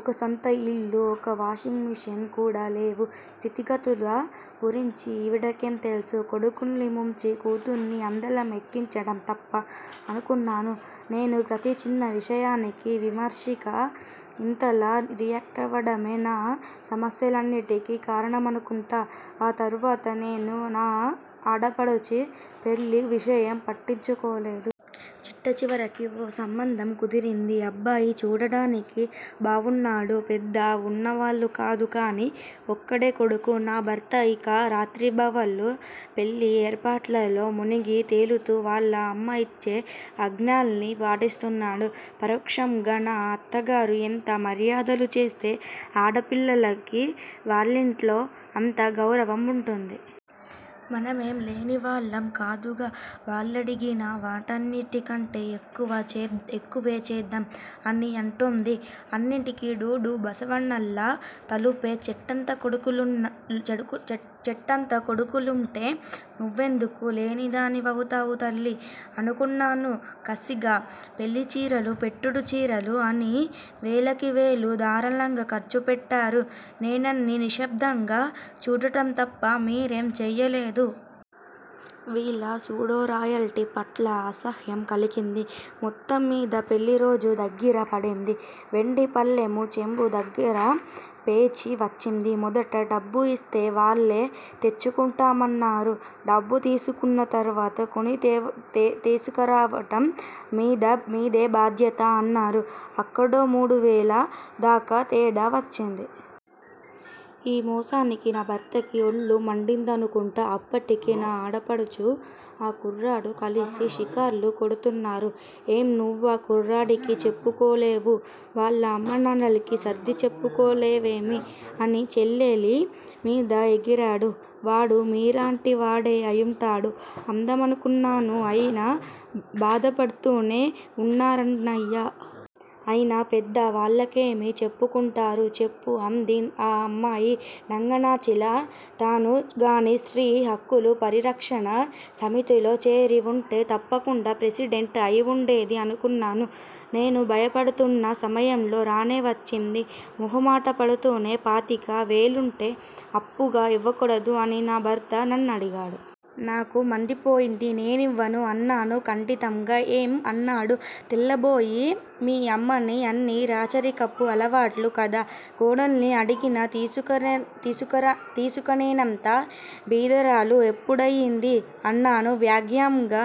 ఒక సొంత ఇల్లు, ఓ వాషింగ్ మెషీన్ కూడా లేవు. స్థితిగతుల గురించి ఈవిడకేం తెల్సు? కొడుకుల్ని ముంచి కూతుర్ని అందలం ఎక్కించడం తప్ప అనుకున్నాను. నేను ప్రతి చిన్న విషయానికీ, విమర్శకి ఇంతలా రియాక్టవడమే నా సమస్యలన్నింటికీ కారణమనుకుంటా. ఆ తర్వాత నేను నా ఆడపడుచు పెళ్ళి విషయం పట్టించుకోలేదు. చిట్టచివరికి ఓ సంబంధం కుదిరింది. అబ్బాయి చూడడానికి బావున్నాడు. పెద్ద వున్నవాళ్ళు కాదు కానీ ఒక్కడే కొడుకు. నా భర్త ఇక రాత్రింబవళ్ళూ పెళ్ళి ఏర్పాట్లలో మునిగి తేలుతూ వాళ్ళ అమ్మ ఇచ్చే ఆజ్ఞల్ని పాటిస్తున్నాడు. పరోక్షంగా నా అత్తగారు ఎంత మర్యాదలు చేస్తే ఆడపిల్లకి వాళ్ళింట్లో అంత గౌరవం వుంటుంది. మనమేం లేనివాళ్ళం కాదుగా. వాళ్ళడిగిన వన్నిటికంటె ఎక్కువే చేద్దాం అని అంటోంది. అన్నిటికీ డూడూ బసవన్నల్లా తలూపే చెట్టంత కొడుకులుంటే నువ్వెందుకు లేనిదాని వవుతావు తల్లీ? అనుకున్నాను కసిగా. పెళ్ళిచీరలూ, పెట్టుడు చీరలూ అని వేలకి వేలు ధారాళంగా ఖర్చుపెట్టారు. నేనన్నీ నిశ్శబ్దంగా చూడడం తప్ప మీరేం చెయ్యలేదు. వీళ్ళ సూడో రాయల్టీ పట్ల అసహ్యం కలిగింది. మొత్తం మీద పెళ్ళిరోజు దగ్గిర పడింది. వెండి పళ్ళెమూ, చెంబూ దగ్గర పేచీ వచ్చింది. మొదట డబ్బు ఇస్తే వాళ్ళే తెచ్చుకుంటామన్నారు. డబ్బు తీసుకున్న తర్వాత 'కొని తీసుకురావడం మీదే బాధ్యత' అన్నారు. అక్కడో మూడువేల దాకా తేడా వచ్చింది. ఈ మోసానికి నా భర్తకి ఒళ్ళు మండిందనుకుంటా అప్పటికే నా ఆడపడుచూ, ఆ కుర్రాడూ కలిసి షికార్లు కొడుతున్నారు. ఏం? నువ్వా కుర్రాడికి చెప్పుకోలేవూ, వాళ్ళ అమ్మా నాన్నలకి సర్దిచెప్పుకోవేమి? అని చెల్లెలి మీద ఎగిరాడు. 'వాడూ మీలాంటి వాడే అయుంటాడు' అందామనుకున్నాను. ఆయన బాధపడ్తూనే వున్నారాన్నయ్యా! అయినా పెద్ద వాళ్ళకేమని చెప్పుకుంటారు చెప్పు అంది ఆ అమ్మాయి నంగనాచిలా. తనుగానీ స్త్రీ హక్కుల పరిరక్షణ సమితిలో చేరి వుంటే, తప్పకుండా ప్రెసిడెంట్ అయివుండేది అనుకున్నాను. నేను భయపడుతున్న సమయం రానే వచ్చింది. మొహమాట పడుతూనే పాతిక వేలుంటే అప్పుగా ఇవ్వకూడదు? అని నా భర్త నన్నడిగాడు. నాకు మందిపోయింది. నేనివ్వను అన్నాను ఖండితంగా. ఏం? అన్నాడు తెల్లబోయి. మీ అమ్మని అన్నీ రాచరికపు అలవాట్లు కదా. కోడల్ని అడిగి తీసుకునేంత బీదరాలు ఎప్పుడయింది? అన్నాను వ్యంగ్యంగా.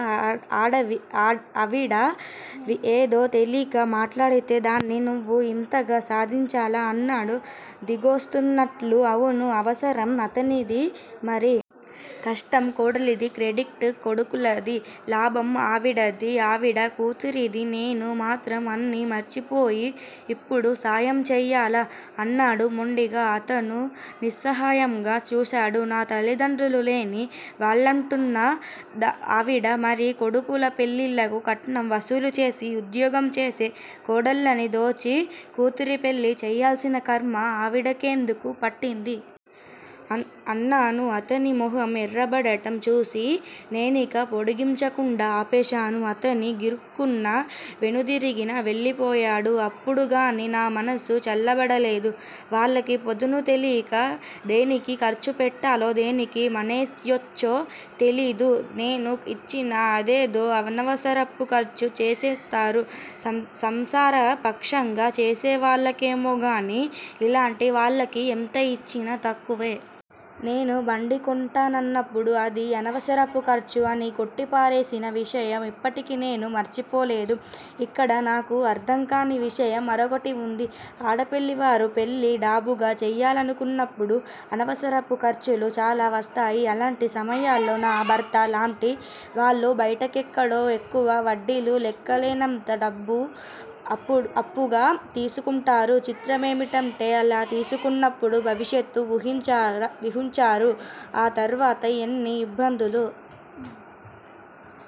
ఆవిడ ఏదో తెలీక మాట్లాడితే, దాన్ని నువ్వు ఇంతగా సాధించాలా? అన్నాడు దిగొస్తున్నట్లు. అవును, అవసరం అతనిది మరి! కష్టం కోడలిది. క్రెడిట్ కొడుకులది. లాభం ఆవిడదీ, ఆవిడ కూతురిదీ! నేను మాత్రం అన్నీ మర్చిపోయి ఇప్పుడు సాయం చెయ్యాలా? అన్నాను మొండిగా. అతను నిస్సహాయంగా చూశాడు. నా తల్లిదండ్రులు లేని వాళ్ళంటుందా ఆవిడ? మరి కొడుకుల పెళ్ళిళ్ళకి కట్నం వసూలు చేసి, ఉద్యోగం చేసే కోడళ్ళని దోచి కూతురి పెళ్ళి చెయ్యాల్సిన ఖర్మ ఆవిడకెందుకు పట్టింది? అన్నాను. అతని మొహం ఎర్రబడడం చూసి నేనిక పొడిగించకుండా ఆపేశాను. అతను గిరుక్కున వెనుదిరిగి వెళ్ళిపోయాడు. అప్పుడుగానీ నా మనసు చల్లబడలేదు. వాళ్ళకి పొదుపు తెలీదు. దేనికి ఖర్చు పెట్టాలో, దేనికి మానెయ్యొచ్చో తెలీదు. నేను ఇచ్చినా అదేదో అనవసరపు ఖర్చు చేసేస్తారు. సంసారపక్షంగా చేసుకునేవాళ్ళకేమోగానీ, ఇలాంటి వాళ్ళకి ఎంత ఇచ్చినా తక్కువే. నేను బండి కొంటానన్నప్పుడు 'అది అనవసరపు ఖర్చు' అని కొట్టిపారేసిన విషయం ఇప్పటికీ నేను మరిచిపోలేదు! ఇక్కడ నాకు అర్థంకాని విషయం మరొకటి వుంది. ఆడపెళ్ళివాళ్ళు పెళ్ళి డాబుగా చెయ్యాలనుకున్నప్పుడు అనవసరపు ఖర్చులు చాలా వస్తాయి. అలాంటి సమయాల్లో నా భర్త లాంటి వాళ్ళు బయటెక్కడో ఎక్కువ వడ్డీకి లెక్కలేనంత డబ్బు అప్పుగా తీసుకుంటారు. చిత్రమేమిటంటే అలా తీసుకుంటున్నప్పుడు భవిష్యత్తు వూహించరు. ఆ తర్వాత ఎన్ని ఇబ్బందులు